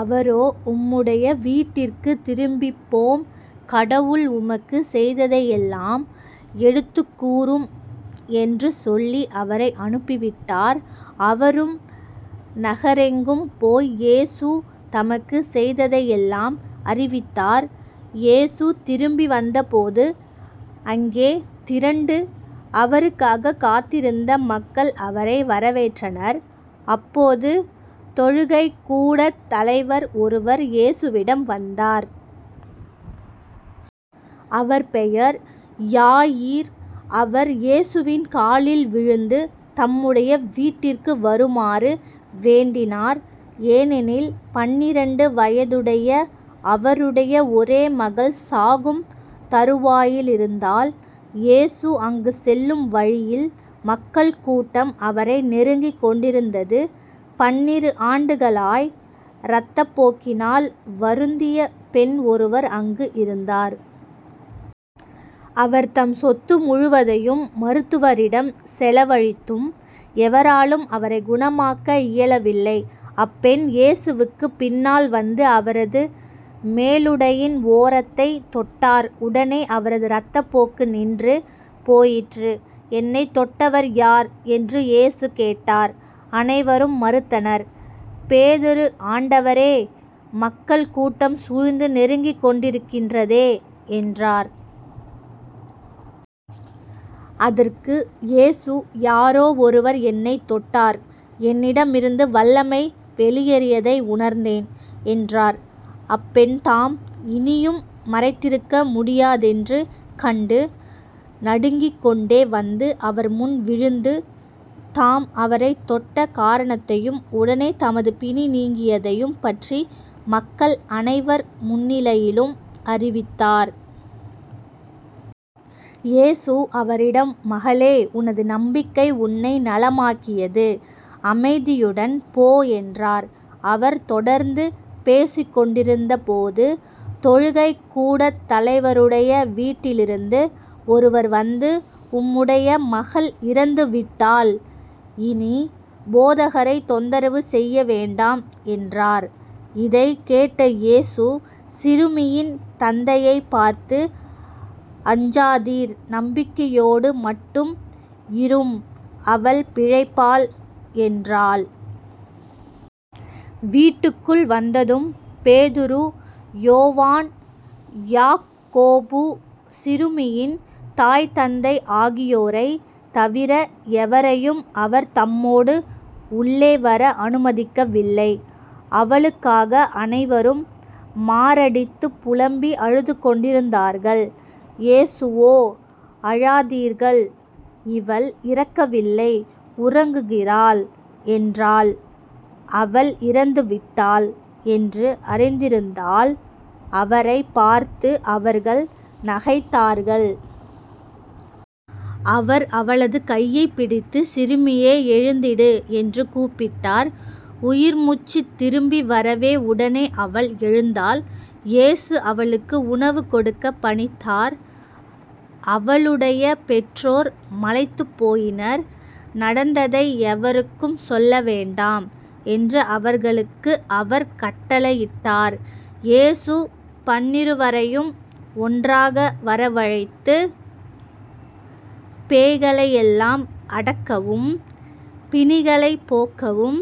அவரோ உம்முடைய வீட்டிற்குத் திரும்பிப்போம். கடவுள் உமக்குச் செய்ததையெல்லாம் எடுத்துக்கூறும் என்று சொல்லி அவரை அனுப்பிவிட்டார். அவரும் நகரெங்கும் போய் இயேசு தமக்குச் செய்ததையெல்லாம் அறிவித்தார். இயேசு திரும்பி வந்தபோது அங்கே திரண்டு அவருக்காகக் காத்திருந்த மக்கள் அவரை வரவேற்றனர். அப்போது தொழுகைக்கூடத் தலைவர் ஒருவர் இயேசுவிடம் வந்தார். அவர் பெயர் யாயிர். அவர் இயேசுவின் காலில் விழுந்து தம்முடைய வீட்டிற்கு வருமாறு வேண்டினார். ஏனெனில் பன்னிரண்டு வயதுடைய அவருடைய ஒரே மகள் சாகும் தறுவாயிலிருந்தாள். இயேசு அங்குச் செல்லும் வழியில் மக்கள் கூட்டம் அவரை நெருக்கிக் கொண்டிருந்தது. பன்னிரு ஆண்டுகளாய் இரத்தப்போக்கினால் வருந்திய பெண் ஒருவர் அங்கு இருந்தார். அவர் தம் சொத்து முழுவதையும் மருத்துவரிடம் செலவழித்தும் எவராலும் அவரைக் குணமாக்க இயலவில்லை. அப்பெண் இயேசுவுக்குப் பின்னால் வந்து அவரது மேலுடையின் ஓரத்தைத் தொட்டார். உடனே அவரது இரத்தப்போக்கு நின்று போயிற்று. என்னைத் தொட்டவர் யார்? என்று இயேசு கேட்டார். அனைவரும் மறுத்தனர். பேதுரு ஆண்டவரே மக்கள் கூட்டம் சூழ்ந்து நெருக்கிக்கொண்டிருக்கிறதே என்றார். அதற்கு இயேசு யாரோ ஒருவர் என்னைத் தொட்டார் என்னிடமிருந்து வல்லமை வெளியேறியதை உணர்ந்தேன் என்றார். அப்பெண்தாம் இனியும் மறைந்திருக்க முடியாதென்று கண்டு நடுங்கிக்கொண்டே வந்து அவர்முன் விழுந்து தாம் அவரைத் தொட்ட காரணத்தையும் உடனே தமது பிணி நீங்கியதையும் பற்றி மக்கள் அனைவர் முன்னிலையிலும் அறிவித்தார். இயேசு அவரிடம் மகளே உனது நம்பிக்கை உன்னை நலமாக்கியது. அமைதியுடன் போ என்றார். அவர் தொடர்ந்து பேசிக் கொண்டிருந்தபோது தொழுகைக் கூடத் தலைவருடைய வீட்டிலிருந்து ஒருவர் வந்து உம்முடைய மகள் இறந்துவிட்டாள். இனி போதகரைத் தொந்தரவு செய்ய வேண்டாம் என்றார். இதைக் கேட்ட இயேசு சிறுமியின் தந்தையைப் பார்த்து அஞ்சாதீர் நம்பிக்கையோடு மட்டும் இரும் அவள் பிழைப்பாள் என்றாள். வீட்டுக்குள் வந்ததும் பேதுரு யோவான் யாக்கோபு சிறுமியின் தாய் தந்தை ஆகியோரைத் தவிர எவரையும் அவர் தம்மோடு உள்ளே வர அனுமதிக்கவில்லை. அவளுக்காக அனைவரும் மாரடித்துப் புலம்பி அழுதுகொண்டிருந்தார்கள். இயேசுவோ அழாதீர்கள் இவள் இறக்கவில்லை உறங்குகிறாள் என்றாள். அவள் இறந்துவிட்டாள் என்று அறிந்திருந்ததால் அவரைப் பார்த்து அவர்கள் நகைத்தார்கள். அவர் அவளது கையைப் பிடித்து சிறுமியே எழுந்திடு. என்று கூப்பிட்டார். உயிர் முச்சுத் திரும்பி வரவே உடனே அவள் எழுந்தாள் இயேசு அவளுக்கு உணவு கொடுக்கப் பணித்தார். அவளுடைய பெற்றோர் மலைத்துப் போயினர். நடந்ததை எவருக்கும் சொல்லவேண்டாம் என்று அவர்களுக்கு அவர் கட்டளையிட்டார். இயேசு பன்னிருவரையும் ஒன்றாக வரவழைத்து பேய்களையெல்லாம் அடக்கவும் பிணிகளைப் போக்கவும்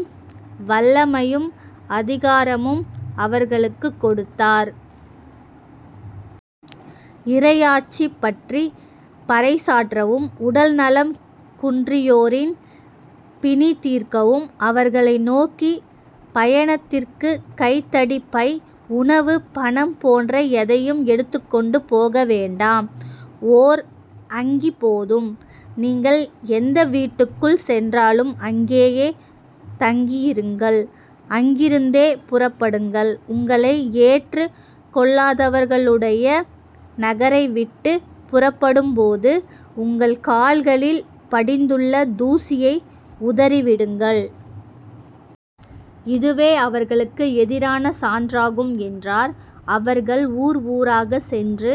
வல்லமையும் அதிகாரமும் அவர்களுக்குக் கொடுத்தார். இறையாட்சிபற்றிப் பறைசாற்றவும் உடல் நலம் குன்றியோரின் பிணிதீர்க்கவும் அவர்களை நோக்கி பயணத்திற்குக் கைத்தடி பை உணவு பணம் போன்ற எதையும் எடுத்துக்கொண்டு போக வேண்டாம். ஓர் அங்கி போதும். நீங்கள் எந்த வீட்டுக்குள் சென்றாலும் அங்கேயே தங்கியிருங்கள். அங்கிருந்தே புறப்படுங்கள். உங்களை ஏற்றுக் கொள்ளாதவர்களுடைய நகரைவிட்டுப் புறப்படும்போது உங்கள் கால்களில் படிந்துள்ள தூசியை உதறிவிடுங்கள். இதுவே அவர்களுக்கு எதிரான சான்றாகும் என்றார். அவர்கள் ஊர் ஊராகச் சென்று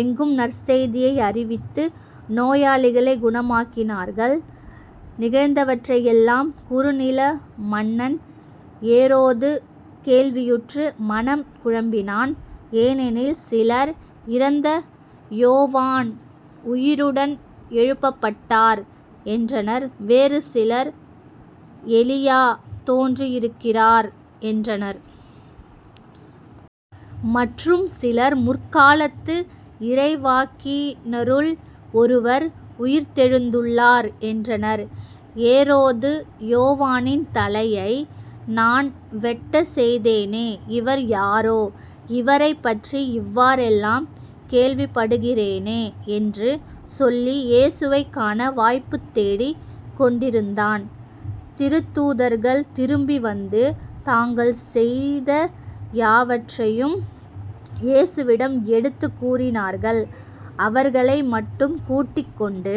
எங்கும் நற்செய்தியை அறிவித்து நோயாளிகளைக் குணமாக்கினார்கள். நிகழ்ந்தவற்றையெல்லாம் குறுநில மன்னன் ஏரோது கேள்வியுற்று மனம் குழம்பினான். ஏனெனில் சிலர் இறந்த யோவான் உயிருடன் எழுப்பப்பட்டார் என்றனர். வேறு சிலர் எலியா தோன்றியிருக்கிறார் என்றனர். மற்றும் சிலர் முற்காலத்து இறைவாக்கினருள் ஒருவர் உயிர்த்தெழுந்துள்ளார் என்றனர். ஏரோது யோவானின் தலையை நான் வெட்டச் செய்தேனே. இவர் யாரோ? இவரைப் பற்றி இவ்வாறெல்லாம் கேள்விப்படுகிறேனே. என்று சொல்லி இயேசுவைக் காண வாய்ப்புத் தேடிக் கொண்டிருந்தான். திருத்தூதர்கள் திரும்பி வந்து. தாங்கள் செய்த யாவற்றையும் இயேசுவிடம் எடுத்துக் கூறினார்கள். அவர்களை மட்டும் கூட்டிக்கொண்டு